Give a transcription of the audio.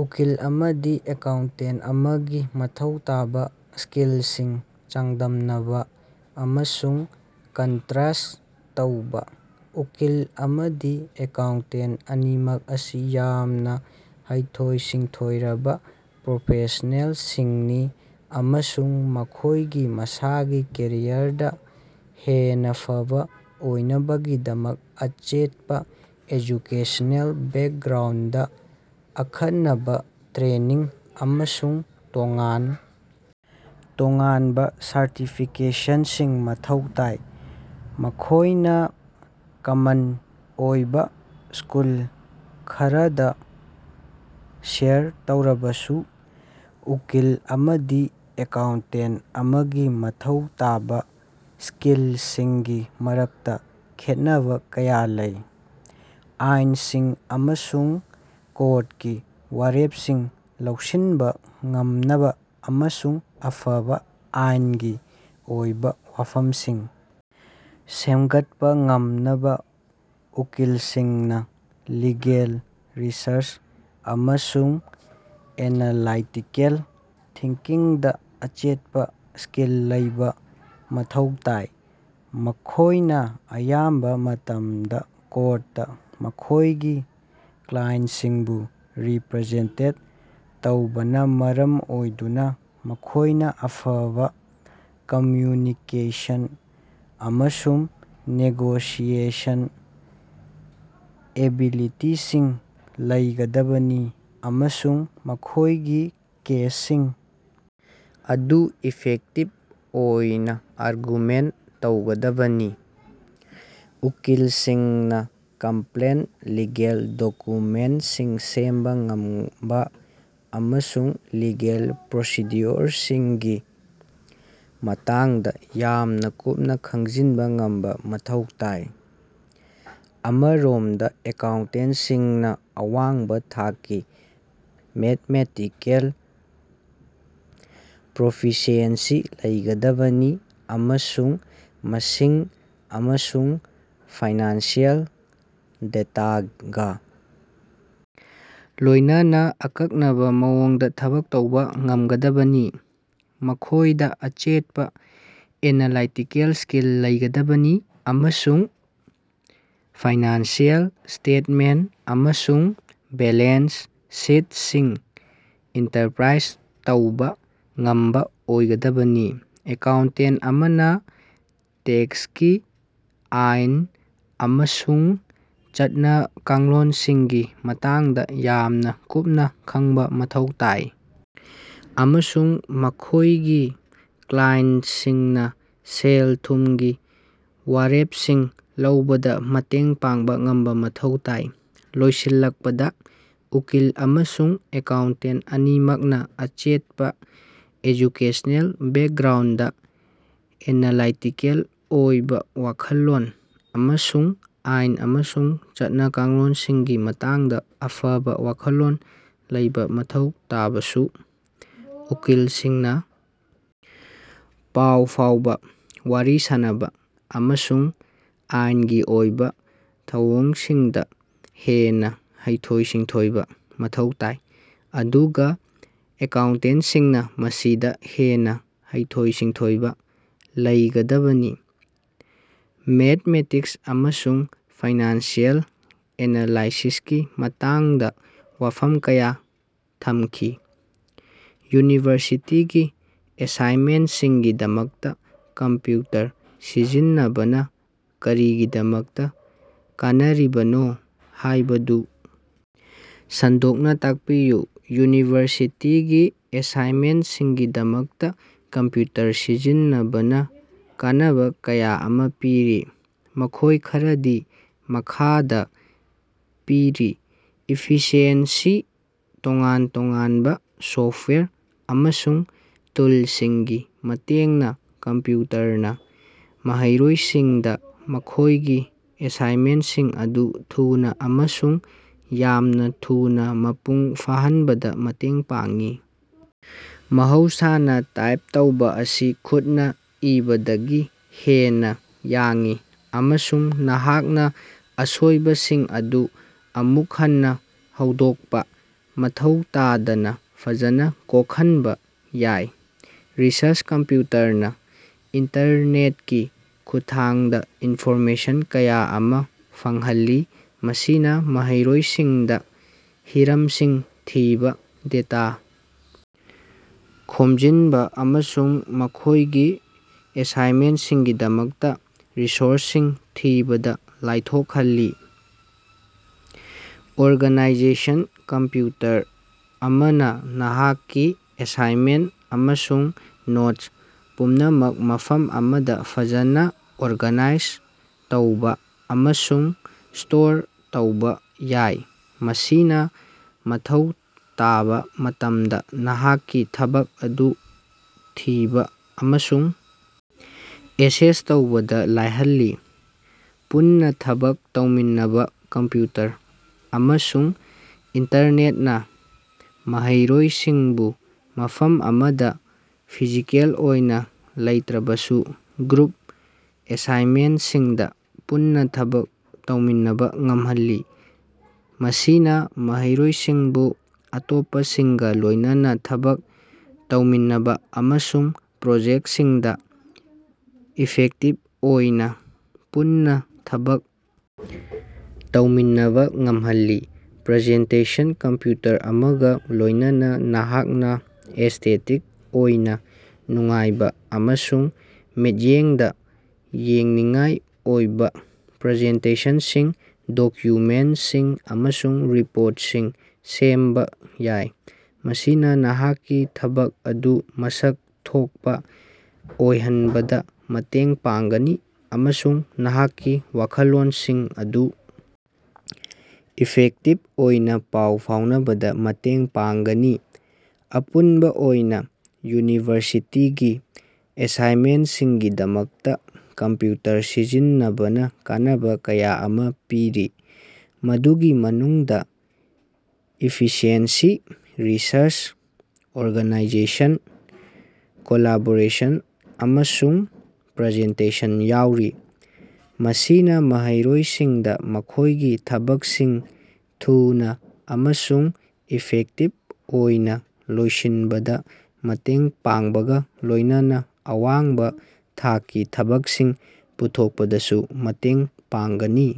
ꯎꯀꯤꯜ ꯑꯃꯥꯗꯤ ꯑꯦꯀꯥꯎꯟꯇꯦꯟꯇ ꯑꯃꯥꯒꯤ ꯃꯊꯧ ꯇꯥꯕ ꯁ꯭ꯀꯤꯜꯁꯤꯡ ꯆꯥꯡꯗꯝꯅꯕ ꯑꯃꯁꯨꯡ ꯀꯟꯠꯔꯁ꯭ꯠ ꯇꯧꯕ꯫ ꯎꯀꯤꯜ ꯑꯃꯥꯗꯤ ꯑꯦꯀꯥꯎꯟꯇꯦꯟꯇ ꯑꯅꯤꯃꯛ ꯑꯁꯤ ꯌꯥꯝꯅ ꯍꯩꯊꯣꯏ-ꯁꯤꯡꯊꯣꯏꯔꯕ ꯄ꯭ꯔꯣꯐꯦꯁ꯭ꯅꯦꯜꯁꯤꯡꯅꯤ ꯑꯃꯁꯨꯡ ꯃꯈꯣꯏꯒꯤ ꯃꯁꯥꯒꯤ ꯀꯦꯔꯤꯌꯔꯗ ꯍꯦꯟꯅꯥ ꯐꯕꯥ ꯑꯣꯏꯅꯕꯒꯤꯗꯃꯛ ꯑꯆꯦꯠꯄꯥ ꯑꯦꯖꯨꯀꯦꯁꯅꯦꯜ ꯕꯦꯀꯒ꯭ꯔꯥꯎꯟꯗ, ꯑꯈꯟꯅꯕꯥ ꯇ꯭ꯔꯦꯅꯤꯡ, ꯑꯃꯁꯨꯡ ꯇꯣꯉꯥꯟ ꯇꯣꯉꯥꯟꯕ ꯁꯔꯇꯤꯐꯤꯀꯦꯁꯟꯁꯤꯡ ꯃꯊꯧ ꯇꯥꯏ꯫ ꯃꯈꯣꯏꯅ ꯀꯃꯟ ꯑꯣꯏꯕ ꯁ꯭ꯀꯨꯜ ꯈꯔꯗꯥ ꯁꯦꯌꯔ ꯇꯧꯔꯕꯁꯨ, ꯎꯀꯤꯜ ꯑꯃꯥꯗꯤ ꯑꯦꯀꯥꯎꯟꯇꯦꯟꯇ ꯑꯃꯥꯒꯤ ꯃꯊꯧ ꯇꯥꯕ ꯁ꯭ꯀꯤꯜꯁꯤꯡꯒꯤ ꯃꯔꯛꯇꯥ ꯈꯦꯠꯅꯕꯥ ꯀꯌꯥ ꯂꯩ꯫ ꯑꯥꯏꯅꯁꯤꯡ ꯑꯃꯁꯨꯡ ꯀꯣꯔꯇꯀꯤ ꯋꯥꯔꯦꯞꯁꯤꯡ ꯂꯧꯁꯤꯟꯕ ꯉꯝꯅꯕ, ꯑꯃꯁꯨꯡ ꯑꯐꯕ ꯑꯥꯏꯅꯒꯤ ꯑꯣꯏꯕ ꯋꯥꯐꯝꯁꯤꯡ ꯁꯦꯝꯒꯠꯄꯥ ꯉꯝꯅꯕ ꯎꯀꯤꯜꯁꯤꯡꯅꯥ ꯂꯤꯒꯦꯜ ꯔꯤꯁꯔꯆ ꯑꯃꯁꯨꯡ ꯑꯦꯅꯥꯂꯥꯏꯇꯤꯀꯦꯜ ꯊꯤꯡꯀꯤꯡꯗꯥ ꯑꯆꯦꯠꯄꯥ ꯁ꯭ꯀꯤꯜ ꯂꯩꯕ ꯃꯊꯧ ꯇꯥꯏ꯫ ꯃꯈꯣꯏꯅ ꯑꯌꯥꯝꯕ ꯃꯇꯝꯗꯥ ꯀꯣꯔꯠꯇꯥ ꯃꯈꯣꯏꯒꯤ ꯀ꯭ꯂꯥꯏꯟꯁꯤꯡꯕꯨ ꯔꯤꯞꯔꯖꯦꯟꯇꯦꯠ ꯇꯧꯕꯅ ꯃꯔꯝ ꯑꯣꯏꯗꯨꯅ ꯃꯈꯣꯏꯅ ꯑꯐꯕ ꯀꯝꯝꯌꯨꯅꯤꯀꯦꯁꯟ ꯑꯃꯁꯨꯡ ꯅꯦꯒꯣꯁꯤꯑꯦꯁꯟ ꯑꯦꯕꯤꯂꯤꯇꯤꯁꯤꯡ ꯂꯩꯒꯗꯕꯅꯤ ꯑꯃꯁꯨꯡ ꯃꯈꯣꯏꯒꯤ ꯀꯦꯁꯁꯤꯡ ꯑꯗꯨ ꯏꯐꯦꯛꯇꯤꯜ ꯑꯣꯏꯅ ꯑꯥꯔꯒꯨꯃꯦꯟꯇ ꯇꯧꯒꯗꯕꯅꯤ꯫ ꯎꯀꯤꯜꯁꯤꯡꯅ ꯀꯝꯄ꯭ꯂꯦꯟ ꯂꯤꯒꯦꯜ ꯗꯣꯛꯌꯨꯃꯦꯟꯠꯁꯤꯡ ꯁꯦꯝꯕ ꯉꯝꯕ ꯑꯃꯁꯨꯡ ꯂꯤꯒꯦꯜ ꯄ꯭ꯔꯣꯁꯤꯗ꯭ꯌꯨꯑꯣꯔꯁꯤꯡꯒꯤ ꯃꯇꯥꯡꯗ ꯌꯥꯝꯅ ꯀꯨꯞꯅꯥ ꯈꯪꯖꯤꯟꯕ ꯉꯝꯕ ꯃꯊꯧ ꯇꯥꯏ꯫ ꯑꯃꯔꯣꯝꯗꯥ ꯑꯦꯀꯥꯎꯟꯇꯦꯟꯇꯁꯤꯡꯅꯥ ꯑꯋꯥꯡꯕ ꯊꯥꯛꯀꯤ ꯃꯦꯊꯃꯦꯇꯤꯀꯦꯜ ꯄ꯭ꯔꯣꯐꯤꯁꯤꯑꯦꯟꯁꯤ ꯂꯩꯒꯗꯕꯅꯤ ꯑꯃꯁꯨꯡ ꯃꯁꯤꯡ ꯑꯃꯁꯨꯡ ꯐꯥꯏꯅꯥꯟꯁꯤꯑꯦꯜ ꯗꯦꯇꯥꯒꯥ ꯂꯣꯏꯅꯅꯥ ꯑꯀꯛꯅꯕ ꯃꯑꯣꯡꯗ ꯊꯕꯛ ꯇꯧꯕꯥ ꯉꯝꯒꯗꯕꯅꯤ꯫ ꯃꯈꯣꯏꯗ ꯑꯆꯦꯠꯄꯥ ꯑꯦꯅꯥꯂꯥꯏꯇꯤꯀꯦꯜ ꯁ꯭ꯀꯤꯜ ꯂꯩꯒꯗꯕꯅꯤ ꯑꯃꯁꯨꯡ ꯐꯥꯏꯅꯥꯟꯁꯤꯑꯦꯜ ꯁ꯭ꯇꯦꯇꯃꯦꯟꯇ ꯑꯃꯁꯨꯡ ꯕꯦꯂꯦꯟꯁ ꯁꯤꯠꯁꯤꯡ ꯏꯟꯇꯔꯞꯔꯥꯏꯖ ꯇꯧꯕ ꯉꯝꯕꯥ ꯑꯣꯏꯒꯗꯕꯅꯤ꯫ ꯑꯦꯀꯥꯎꯟꯇꯦꯟꯇ ꯑꯃꯅꯥ ꯇꯦꯛꯁꯀꯤ ꯑꯥꯏꯟ ꯑꯃꯁꯨꯡ ꯆꯠꯅ-ꯀꯥꯡꯂꯣꯟꯁꯤꯡꯒꯤ ꯃꯇꯥꯡꯗ ꯌꯥꯝꯅ ꯀꯨꯞꯅ ꯈꯪꯕꯥ ꯃꯊꯧ ꯇꯥꯏ, ꯑꯃꯁꯨꯡ ꯃꯈꯣꯏꯒꯤ ꯀ꯭ꯂꯥꯏꯟꯇꯁꯤꯡꯅꯥ ꯁꯦꯜ-ꯊꯨꯝꯒꯤ ꯋꯥꯔꯦꯞꯁꯤꯡ ꯂꯧꯕꯗꯥ ꯃꯇꯦꯡ ꯄꯥꯡꯕ ꯉꯝꯕ ꯃꯊꯧ ꯇꯥꯏ꯫ ꯂꯣꯏꯁꯤꯜꯂꯛꯄꯗꯥ, ꯎꯀꯤꯜ ꯑꯃꯁꯨꯡ ꯑꯦꯀꯥꯎꯟꯇꯦꯟꯇ ꯑꯅꯤꯃꯛꯅ ꯑꯆꯦꯠꯄꯥ ꯑꯦꯖꯨꯀꯦꯁꯅꯦꯜ ꯕꯦꯀꯒ꯭ꯔꯥꯎꯟꯗ, ꯑꯦꯅꯥꯂꯥꯏꯇꯤꯀꯦꯜ ꯑꯣꯏꯕꯥ ꯋꯥꯈꯜꯂꯣꯟ, ꯑꯃꯁꯨꯡ ꯑꯥꯏꯟ ꯑꯃꯁꯨꯡ ꯆꯠꯅ-ꯀꯥꯡꯂꯣꯟꯁꯤꯡꯒꯤ ꯃꯇꯥꯡꯗ ꯑꯐꯕ ꯋꯥꯈꯜꯂꯣꯟ ꯂꯩꯕ ꯃꯊꯧ ꯇꯥꯕꯁꯨ, ꯎꯀꯤꯜꯁꯤꯡꯅꯥ ꯄꯥꯎ ꯐꯥꯎꯕꯥ, ꯋꯥꯔꯤ ꯁꯥꯅꯕꯥ, ꯑꯃꯁꯨꯡ ꯑꯥꯏꯅꯒꯤ ꯑꯣꯏꯕ ꯊꯧꯑꯣꯡꯁꯤꯡꯗꯥ ꯍꯦꯟꯅꯥ ꯍꯩꯊꯣꯏ-ꯁꯤꯡꯊꯣꯏꯕ ꯃꯊꯧ ꯇꯥꯏ, ꯑꯗꯨꯒꯥ ꯑꯦꯀꯥꯎꯟꯇꯦꯟꯇꯁꯤꯡꯅꯥ ꯃꯁꯤꯗꯥ ꯍꯦꯟꯅꯥ ꯍꯩꯊꯣꯏ-ꯁꯤꯡꯊꯣꯏꯕ ꯂꯩꯒꯗꯕꯅꯤ꯫ ꯃꯦꯊꯃꯦꯇꯤꯛꯁ ꯑꯃꯁꯨꯡ ꯐꯥꯏꯅꯥꯟꯁꯤꯑꯦꯜ ꯑꯦꯅꯥꯂꯥꯏꯁꯤꯁꯀꯤ ꯃꯇꯥꯡꯗ ꯋꯥꯐꯝ ꯀꯌꯥ ꯊꯝꯈꯤ꯫ ꯌꯨꯅꯤꯚꯔꯁꯤꯇꯤꯒꯤ ꯑꯦꯁꯥꯏꯅꯃꯦꯟꯠꯁꯤꯡꯒꯤꯗꯃꯛꯇꯥ ꯀꯝꯞꯌꯨꯇꯔ ꯁꯤꯖꯤꯟꯅꯕꯅ ꯀꯔꯤꯒꯤꯗꯃꯛꯇꯥ ꯀꯥꯟꯅꯔꯤꯕꯅꯣ ꯍꯥꯏꯕꯗꯨ ꯁꯟꯗꯣꯛꯅꯥ ꯇꯥꯛꯄꯤꯌꯨ꯫ ꯌꯨꯅꯤꯚꯔꯁꯤꯇꯤꯒꯤ ꯑꯦꯁꯥꯏꯅꯃꯦꯟꯠꯁꯤꯡꯒꯤꯗꯃꯛꯇꯥ ꯀꯝꯞꯌꯨꯇꯔ ꯁꯤꯖꯤꯟꯅꯕꯅ ꯀꯥꯟꯅꯕ ꯀꯌꯥ ꯑꯃꯥ ꯄꯤꯔꯤ꯫ ꯃꯈꯣꯏ ꯈꯔꯗꯤ ꯃꯈꯥꯗꯥ ꯄꯤꯔꯤ ꯏꯐꯤꯁꯤꯑꯦꯟꯁꯤ ꯇꯣꯉꯥꯟ-ꯇꯣꯉꯥꯟꯕ ꯁꯣꯐꯇꯋꯥꯌꯔ ꯑꯃꯁꯨꯡ ꯇꯨꯂꯁꯤꯡꯒꯤ ꯃꯇꯦꯡꯅꯥ ꯀꯝꯞꯌꯨꯇꯔꯅꯥ ꯃꯍꯩꯔꯣꯏꯁꯤꯡꯗꯥ ꯃꯈꯣꯏꯒꯤ ꯑꯦꯁꯥꯏꯅꯃꯦꯟꯠꯁꯤꯡ ꯑꯗꯨ ꯊꯨꯅꯥ ꯑꯃꯁꯨꯡ ꯌꯥꯝꯅ ꯊꯨꯅꯥ ꯃꯄꯨꯡ ꯐꯥꯍꯟꯕꯗ ꯃꯇꯦꯡ ꯄꯥꯡꯏ꯫ ꯃꯍꯧꯁꯥꯅꯥ ꯇꯥꯏꯞ ꯇꯧꯕ ꯑꯁꯤ ꯈꯨꯠꯅꯥ ꯏꯕꯗꯒꯤ ꯍꯦꯟꯅꯥ ꯌꯥꯡꯏ, ꯑꯃꯁꯨꯡ ꯅꯍꯥꯛꯅꯥ ꯑꯁꯣꯏꯕꯁꯤꯡ ꯑꯗꯨ ꯑꯃꯨꯛ ꯍꯟꯅꯥ ꯍꯧꯗꯣꯛꯄꯥ ꯃꯊꯧ ꯇꯥꯗꯅ ꯐꯖꯅ ꯀꯣꯛꯍꯟꯕ ꯌꯥꯏ꯫ ꯔꯤꯁꯔꯆ ꯀꯝꯞꯌꯨꯇꯔꯅꯥ ꯏꯟꯇꯔꯅꯦꯇꯀꯤ ꯈꯨꯠꯊꯥꯡꯗ ꯏꯟꯐꯣꯔꯃꯦꯁꯟ ꯀꯌꯥ ꯑꯃꯥ ꯐꯪꯍꯜꯂꯤ꯫ ꯃꯁꯤꯅꯥ ꯃꯍꯩꯔꯣꯏꯁꯤꯡꯗꯥ ꯍꯤꯔꯝꯁꯤꯡ ꯊꯤꯕ, ꯗꯦꯇꯥ ꯈꯣꯝꯖꯤꯟꯕ ꯑꯃꯁꯨꯡ ꯃꯈꯣꯏꯒꯤ ꯑꯦꯁꯥꯏꯅꯃꯦꯟꯠꯁꯤꯡꯒꯤꯗꯃꯛꯇꯥ ꯔꯤꯁꯣꯔꯁꯁꯤꯡ ꯊꯤꯕꯗ ꯂꯥꯏꯊꯣꯛꯍꯜꯂꯤ꯫ ꯑꯣꯔꯒꯥꯅꯥꯏꯖꯦꯁꯟ ꯀꯝꯞꯌꯨꯇꯔ ꯑꯃꯅꯥ ꯅꯍꯥꯛꯀꯤ ꯑꯦꯁꯥꯏꯅꯃꯦꯟꯠ ꯑꯃꯁꯨꯡ ꯅꯣꯠ ꯄꯨꯝꯅꯃꯛ ꯃꯐꯝ ꯑꯃꯗ ꯐꯖꯅ ꯑꯣꯔꯒꯥꯅꯥꯏꯖ ꯇꯧꯕ ꯑꯃꯁꯨꯡ ꯁ꯭ꯇꯣꯔ ꯇꯧꯕ ꯌꯥꯏ꯫ ꯃꯁꯤꯅ ꯃꯊꯧ ꯇꯥꯕ ꯃꯇꯝꯗ ꯅꯍꯥꯛꯀꯤ ꯊꯕꯛ ꯑꯗꯨ ꯊꯤꯕ ꯑꯃꯁꯨꯡ ꯑꯦꯛꯁꯦꯁ ꯇꯧꯕꯗ ꯂꯥꯏꯍꯜꯂꯤ꯫ ꯄꯨꯟꯅꯥ ꯊꯕꯛ ꯇꯧꯃꯤꯟꯅꯕꯥ ꯀꯝꯞꯌꯨꯇꯔ ꯑꯃꯁꯨꯡ ꯏꯟꯇꯔꯅꯦꯇꯅꯥ ꯃꯍꯩꯔꯣꯏꯁꯤꯡꯕꯨ ꯃꯐꯝ ꯑꯃꯗ ꯐꯤꯖꯤꯀꯦꯜ ꯑꯣꯏꯅ ꯂꯩꯇ꯭ꯔꯕꯁꯨ ꯒ꯭ꯔꯨꯞ ꯑꯦꯁꯥꯏꯅꯃꯦꯟꯠꯁꯤꯡꯗ ꯄꯨꯟꯅ ꯊꯕꯛ ꯇꯧꯃꯤꯟꯅꯕ ꯉꯝꯍꯜꯂꯤ꯫ ꯃꯁꯤꯅ ꯃꯍꯩꯔꯣꯏꯁꯤꯡꯕꯨ ꯑꯇꯣꯞꯄꯁꯤꯡꯒ ꯂꯣꯏꯅꯅꯥ ꯊꯕꯛ ꯇꯧꯃꯤꯟꯅꯕ ꯑꯃꯁꯨꯡ ꯄ꯭ꯔꯣꯖꯦꯛꯇꯁꯤꯡꯗꯥ ꯏꯐꯦꯛꯇꯤꯚ ꯑꯣꯏꯅ ꯄꯨꯟꯅꯥ ꯊꯕꯛ ꯇꯧꯃꯤꯟꯅꯕ ꯉꯝꯍꯜꯂꯤ꯫ ꯄ꯭ꯔꯖꯦꯟꯇꯦꯁꯟ ꯀꯝꯞꯌꯨꯇꯔ ꯑꯃꯒꯥ ꯂꯣꯏꯅꯅꯥ ꯅꯍꯥꯛꯅꯥ ꯑꯦꯁ꯭ꯇꯦꯇꯤꯛ ꯑꯣꯏꯅ ꯅꯨꯡꯉꯥꯏꯕ ꯑꯃꯁꯨꯡ ꯃꯤꯠꯌꯦꯡꯗꯥ ꯌꯦꯡꯅꯤꯡꯉꯥꯏ ꯑꯣꯏꯕ ꯄ꯭ꯔꯖꯦꯟꯇꯦꯁꯟꯁꯤꯡ, ꯗꯣꯛꯌꯨꯃꯦꯟꯠꯁꯤꯡ ꯑꯃꯁꯨꯡ ꯔꯤꯄꯣꯔꯇꯁꯤꯡ ꯁꯦꯝꯕ ꯌꯥꯏ꯫ ꯃꯁꯤꯅꯥ ꯅꯍꯥꯛꯀꯤ ꯊꯕꯛ ꯑꯗꯨ ꯃꯁꯛ ꯊꯣꯛꯄꯥ ꯑꯣꯏꯍꯟꯕꯗ ꯃꯇꯦꯡ ꯄꯥꯡꯒꯅꯤ ꯑꯃꯁꯨꯡ ꯅꯍꯥꯛꯀꯤ ꯋꯥꯈꯜꯂꯣꯟꯁꯤꯡ ꯑꯗꯨ ꯏꯐꯦꯛꯇꯤꯜ ꯑꯣꯏꯅ ꯄꯥꯎ ꯐꯥꯎꯅꯕꯗꯥ ꯃꯇꯦꯡ ꯄꯥꯡꯒꯅꯤ꯫ ꯑꯄꯨꯟꯕ ꯑꯣꯏꯅ, ꯌꯨꯅꯤꯚꯔꯁꯤꯇꯤꯒꯤ ꯑꯦꯁꯥꯏꯅꯃꯦꯟꯠꯁꯤꯡꯒꯤꯗꯃꯛꯇꯥ ꯀꯝꯞꯌꯨꯇꯔ ꯁꯤꯖꯤꯟꯅꯕꯅ ꯀꯥꯟꯅꯕ ꯀꯌꯥ ꯑꯃꯥ ꯄꯤꯔꯤ, ꯃꯗꯨꯒꯤ ꯃꯅꯨꯡꯗꯥ ꯏꯐꯤꯁꯤꯑꯦꯟꯁꯤ, ꯔꯤꯁꯔꯆ, ꯑꯣꯔꯒꯅꯥꯏꯖꯦꯁꯟ, ꯀꯣꯂꯥꯕꯣꯔꯦꯁꯟ, ꯑꯃꯁꯨꯡ ꯄ꯭ꯔꯖꯦꯟꯇꯦꯁꯟ ꯌꯥꯎꯔꯤ꯫ ꯃꯁꯤꯅꯥ ꯃꯍꯩꯔꯣꯏꯁꯤꯡꯗ ꯃꯈꯣꯏꯒꯤ ꯊꯕꯛꯁꯤꯡ ꯊꯨꯅꯥ ꯑꯃꯁꯨꯡ ꯏꯐꯦꯛꯇꯤꯜ ꯑꯣꯏꯅ ꯂꯣꯏꯁꯤꯟꯕꯗ ꯃꯇꯦꯡ ꯄꯥꯡꯕꯒ ꯂꯣꯏꯅꯅꯥ ꯑꯋꯥꯡꯕ ꯊꯥꯛꯀꯤ ꯊꯕꯛꯁꯤꯡ ꯄꯨꯊꯣꯛꯄꯗꯁꯨ ꯃꯇꯦꯡ ꯄꯥꯡꯒꯅꯤ꯫।